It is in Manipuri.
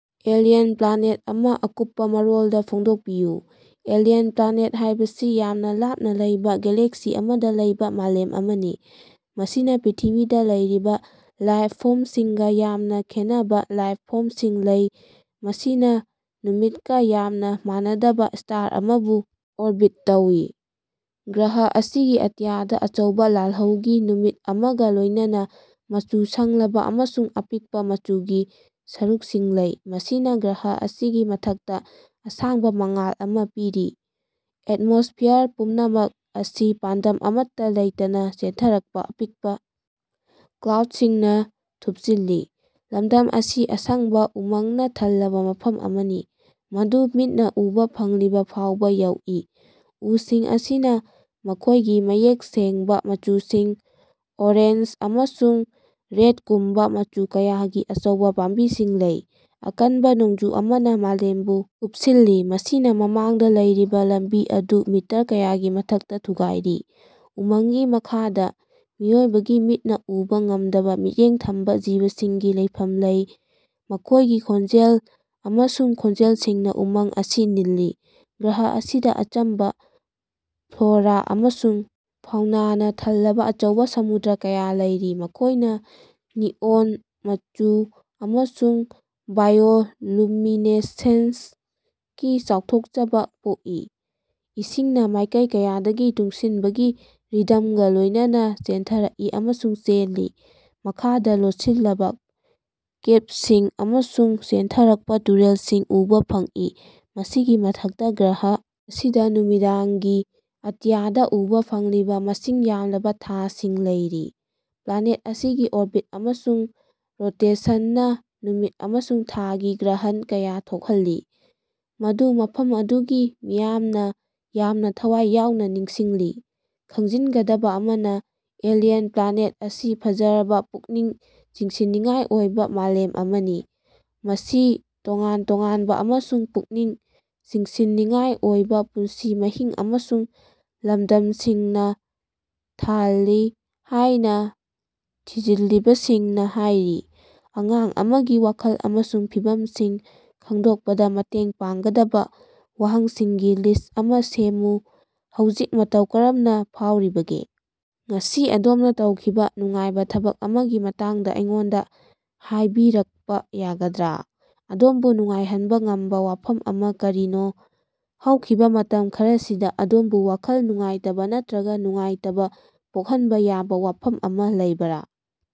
ꯑꯦꯂꯤꯌꯟ ꯄ꯭ꯂꯥꯅꯦꯠ ꯑꯃꯥ ꯑꯀꯨꯞꯄꯥ ꯃꯔꯣꯜꯗꯥ ꯐꯣꯡꯗꯣꯛꯄꯤꯌꯨ꯫ ꯑꯦꯂꯤꯌꯟ ꯄ꯭ꯂꯥꯅꯦꯠ ꯍꯥꯏꯕꯁꯤ ꯌꯥꯝꯅꯥ ꯂꯥꯞꯅꯥ ꯂꯩꯕꯥ ꯒꯦꯂꯦꯛꯁꯤ ꯑꯃꯗꯥ ꯂꯩꯕꯥ ꯃꯥꯂꯦꯝ ꯑꯃꯅꯤ, ꯃꯁꯤꯅꯥ ꯄ꯭ꯔꯤꯊꯤꯕꯤꯗꯥ ꯂꯩꯔꯤꯕꯥ ꯂꯥꯏꯞ ꯐꯣꯝꯁꯤꯡꯒꯥ ꯌꯥꯝꯅꯥ ꯈꯦꯟꯅꯕꯥ ꯂꯥꯏꯞ ꯐꯣꯝꯁꯤꯡ ꯂꯩ, ꯃꯁꯤꯅꯥ ꯅꯨꯃꯤꯠꯀꯥ ꯌꯥꯝꯅꯥ ꯃꯥꯟꯅꯗꯕꯥ ꯁ꯭ꯇꯥꯔ ꯑꯃꯕꯨ ꯑꯣꯔꯕꯤꯠ ꯇꯧꯏ꯫ ꯒ꯭ꯔꯍ ꯑꯁꯤꯒꯤ ꯑꯇꯤꯌꯥꯗꯥ ꯑꯆꯧꯕꯥ ꯂꯥꯜꯍꯧꯒꯤ ꯅꯨꯃꯤꯠ ꯑꯃꯒꯥ ꯂꯣꯏꯅꯅꯥ ꯃꯆꯨ ꯁꯪꯂꯕꯥ ꯑꯃꯁꯨꯡ ꯑꯄꯤꯛꯄꯥ ꯃꯆꯨꯒꯤ ꯁꯔꯨꯛꯁꯤꯡ ꯂꯩ, ꯃꯁꯤꯅꯥ ꯒ꯭ꯔꯍ ꯑꯁꯤꯒꯤ ꯃꯊꯛꯇꯥ ꯑꯁꯥꯡꯕꯥ ꯃꯉꯥꯜ ꯑꯃꯥ ꯄꯤꯔꯤ꯫ ꯑꯦꯠꯃꯣꯁꯐꯤꯌꯔ ꯄꯨꯝꯅꯃꯛ ꯑꯁꯤ ꯄꯥꯟꯗꯝ ꯑꯃꯠꯇꯥ ꯂꯩꯇꯅꯥ ꯆꯦꯟꯊꯔꯛꯄꯥ ꯑꯄꯤꯛꯄꯥ ꯀ꯭ꯂꯥꯎꯗꯁꯤꯡꯅꯥ ꯊꯨꯞꯆꯤꯜꯂꯤ꯫ ꯂꯝꯗꯝ ꯑꯁꯤ ꯑꯁꯪꯕꯥ ꯎꯃꯪꯅꯥ ꯊꯜꯂꯕꯥ ꯃꯐꯝ ꯑꯃꯅꯤ, ꯃꯗꯨ ꯃꯤꯠꯅꯥ ꯎꯕꯥ ꯐꯪꯂꯤꯕꯥ ꯐꯥꯎꯕꯥ ꯌꯧꯏ꯫ ꯎꯁꯤꯡ ꯑꯁꯤꯅꯥ ꯃꯈꯣꯏꯒꯤ ꯃꯌꯦꯛ ꯁꯦꯡꯕꯥ ꯃꯆꯨꯁꯤꯡ ꯑꯣꯔꯦꯟꯖ ꯑꯃꯁꯨꯡ ꯔꯦꯠꯀꯨꯝꯕꯥ ꯃꯆꯨ ꯀꯌꯥꯒꯤ ꯑꯆꯧꯕꯥ ꯄꯥꯝꯕꯤꯁꯤꯡ ꯂꯩ꯫ ꯑꯀꯟꯕꯥ ꯅꯣꯡꯖꯨ ꯑꯃꯅꯥ ꯃꯥꯂꯦꯝꯕꯨ ꯀꯨꯞꯁꯤꯜꯂꯤ, ꯃꯁꯤꯅꯥ ꯃꯃꯥꯡꯗꯥ ꯂꯩꯔꯤꯕꯥ ꯂꯝꯕꯤ ꯑꯗꯨ ꯃꯤꯇꯔ ꯀꯌꯥꯒꯤ ꯃꯊꯛꯇꯥ ꯊꯨꯒꯥꯏꯔꯤ꯫ ꯎꯃꯪꯒꯤ ꯃꯈꯥꯗꯥ ꯃꯤꯑꯣꯏꯕꯒꯤ ꯃꯤꯠꯅꯥ ꯎꯕꯥ ꯉꯝꯗꯕꯥ ꯃꯤꯠꯌꯦꯡ ꯊꯝꯕꯥ ꯖꯤꯕꯁꯤꯡꯒꯤ ꯂꯩꯐꯝ ꯂꯩ꯫ ꯃꯈꯣꯏꯒꯤ ꯈꯣꯟꯖꯦꯜ ꯑꯃꯁꯨꯡ ꯈꯣꯟꯖꯦꯜꯁꯤꯡꯅꯥ ꯎꯃꯪ ꯑꯁꯤ ꯅꯤꯜꯂꯤ꯫ ꯒ꯭ꯔꯍ ꯑꯁꯤꯗꯥ ꯑꯆꯝꯕꯥ ꯐ꯭ꯂꯣꯔꯥ ꯑꯃꯁꯨꯡ ꯐꯥꯎꯅꯥꯅ ꯊꯜꯂꯕꯥ ꯑꯆꯧꯕꯥ ꯁꯃꯨꯗ꯭ꯔ ꯀꯌꯥ ꯂꯩꯔꯤ, ꯃꯈꯣꯏꯅꯥ ꯅꯤꯑꯣꯟ ꯃꯆꯨ ꯑꯃꯁꯨꯡ ꯕꯥꯏꯑꯣꯂꯨꯃꯤꯅꯦꯁꯦꯟꯁꯀꯤ ꯆꯥꯎꯊꯣꯛꯆꯕꯥ ꯄꯣꯛꯏ꯫ ꯏꯁꯤꯡꯅ ꯃꯥꯏꯀꯩ ꯀꯌꯥꯗꯒꯤ ꯇꯨꯡꯁꯤꯟꯕꯒꯤ ꯔꯤꯗꯝꯒꯥ ꯂꯣꯏꯅꯅꯥ ꯆꯦꯟꯊꯔꯛꯏ ꯑꯃꯁꯨꯡ ꯆꯦꯜꯂꯤ, ꯃꯈꯥꯗꯥ ꯂꯣꯠꯁꯤꯜꯂꯕꯥ ꯀꯦꯞꯁꯤꯡ ꯑꯃꯁꯨꯡ ꯆꯦꯟꯊꯔꯛꯄꯥ ꯇꯨꯔꯦꯜꯁꯤꯡ ꯎꯕꯥ ꯐꯪꯏ꯫ ꯃꯁꯤꯒꯤ ꯃꯊꯛꯇꯥ ꯒ꯭ꯔꯍ ꯑꯁꯤꯗꯥ ꯅꯨꯃꯤꯗꯥꯡꯒꯤ ꯑꯇꯤꯌꯥꯗꯥ ꯎꯕꯥ ꯐꯪꯂꯤꯕꯥ ꯃꯁꯤꯡ ꯌꯥꯝꯂꯕꯥ ꯊꯥꯁꯤꯡ ꯂꯩꯔꯤ꯫ ꯄ꯭ꯂꯥꯅꯦꯠ ꯑꯁꯤꯒꯤ ꯑꯣꯔꯕꯤꯠ ꯑꯃꯁꯨꯡ ꯔꯣꯇꯦꯁꯟꯅꯥ ꯅꯨꯃꯤꯠ ꯑꯃꯁꯨꯡ ꯊꯥꯒꯤ ꯒ꯭ꯔꯍꯟ ꯀꯌꯥ ꯊꯣꯛꯍꯜꯂꯤ ꯃꯗꯨ ꯃꯐꯝ ꯑꯗꯨꯒꯤ ꯃꯤꯌꯥꯝꯅꯥ ꯌꯥꯝꯅꯥ ꯊꯋꯥꯏ ꯌꯥꯎꯅꯥ ꯅꯤꯡꯁꯤꯡꯂꯤ꯫ ꯈꯪꯖꯤꯟꯒꯗꯕꯥ ꯑꯃꯅꯥ, ꯑꯦꯂꯤꯌꯟ ꯄ꯭ꯂꯥꯅꯦꯠ ꯑꯁꯤ ꯐꯖꯔꯕꯥ, ꯄꯨꯛꯅꯤꯡ ꯆꯤꯡꯁꯤꯟꯅꯤꯡꯉꯥꯏ ꯑꯣꯏꯕꯥ ꯃꯥꯂꯦꯝ ꯑꯃꯅꯤ, ꯃꯁꯤ ꯇꯣꯉꯥꯟ ꯇꯣꯉꯥꯟꯕꯥ ꯑꯃꯁꯨꯡ ꯄꯨꯛꯅꯤꯡ ꯆꯤꯡꯁꯤꯟꯅꯤꯡꯉꯥꯏ ꯑꯣꯏꯕꯥ ꯄꯨꯟꯁꯤ ꯃꯍꯤꯡ ꯑꯃꯁꯨꯡ ꯂꯝꯗꯝꯁꯤꯡꯅꯥ ꯊꯜꯂꯤ ꯍꯥꯏꯅꯥ, ꯊꯤꯖꯤꯟꯂꯤꯕꯥꯁꯤꯡꯅꯥ ꯍꯥꯏꯔꯤ꯫ ꯑꯉꯥꯡ ꯑꯃꯒꯤ ꯋꯥꯈꯜ ꯑꯃꯁꯨꯡ ꯐꯤꯚꯝꯁꯤꯡ ꯈꯪꯗꯣꯛꯄꯗꯥ ꯃꯇꯦꯡ ꯄꯥꯡꯒꯗꯕꯥ ꯋꯥꯍꯪꯁꯤꯡꯒꯤ ꯂꯤꯁ ꯑꯃꯥ ꯁꯦꯝꯃꯨ꯫ ꯍꯧꯖꯤꯛ ꯃꯇꯧ ꯀꯔꯝꯅꯥ ꯐꯥꯎꯔꯤꯕꯒꯦ? ꯉꯁꯤ ꯑꯗꯣꯝꯅꯥ ꯇꯧꯈꯤꯕꯥ ꯅꯨꯡꯉꯥꯏꯕꯥ ꯊꯕꯛ ꯑꯃꯒꯤ ꯃꯇꯥꯡꯗꯥ ꯑꯩꯉꯣꯟꯗꯥ ꯍꯥꯏꯕꯤꯔꯛꯄꯥ ꯌꯥꯒꯗ꯭ꯔꯥ? ꯑꯗꯣꯝꯕꯨ ꯅꯨꯡꯉꯥꯏꯍꯟꯕꯥ ꯉꯝꯕꯥ ꯋꯥꯐꯝ ꯑꯃꯥ ꯀꯔꯤꯅꯣ? ꯍꯧꯈꯤꯕꯥ ꯃꯇꯝ ꯈꯔꯁꯤꯗꯥ ꯑꯗꯣꯝꯕꯨ ꯋꯥꯈꯜ ꯅꯨꯡꯉꯥꯏꯇꯕꯥ ꯅꯠꯇ꯭ꯔꯒꯥ ꯅꯨꯡꯉꯥꯏꯇꯕꯥ ꯄꯣꯛꯍꯟꯕꯥ ꯌꯥꯕꯥ ꯋꯥꯐꯝ ꯑꯃꯥ ꯂꯩꯕꯔꯥ?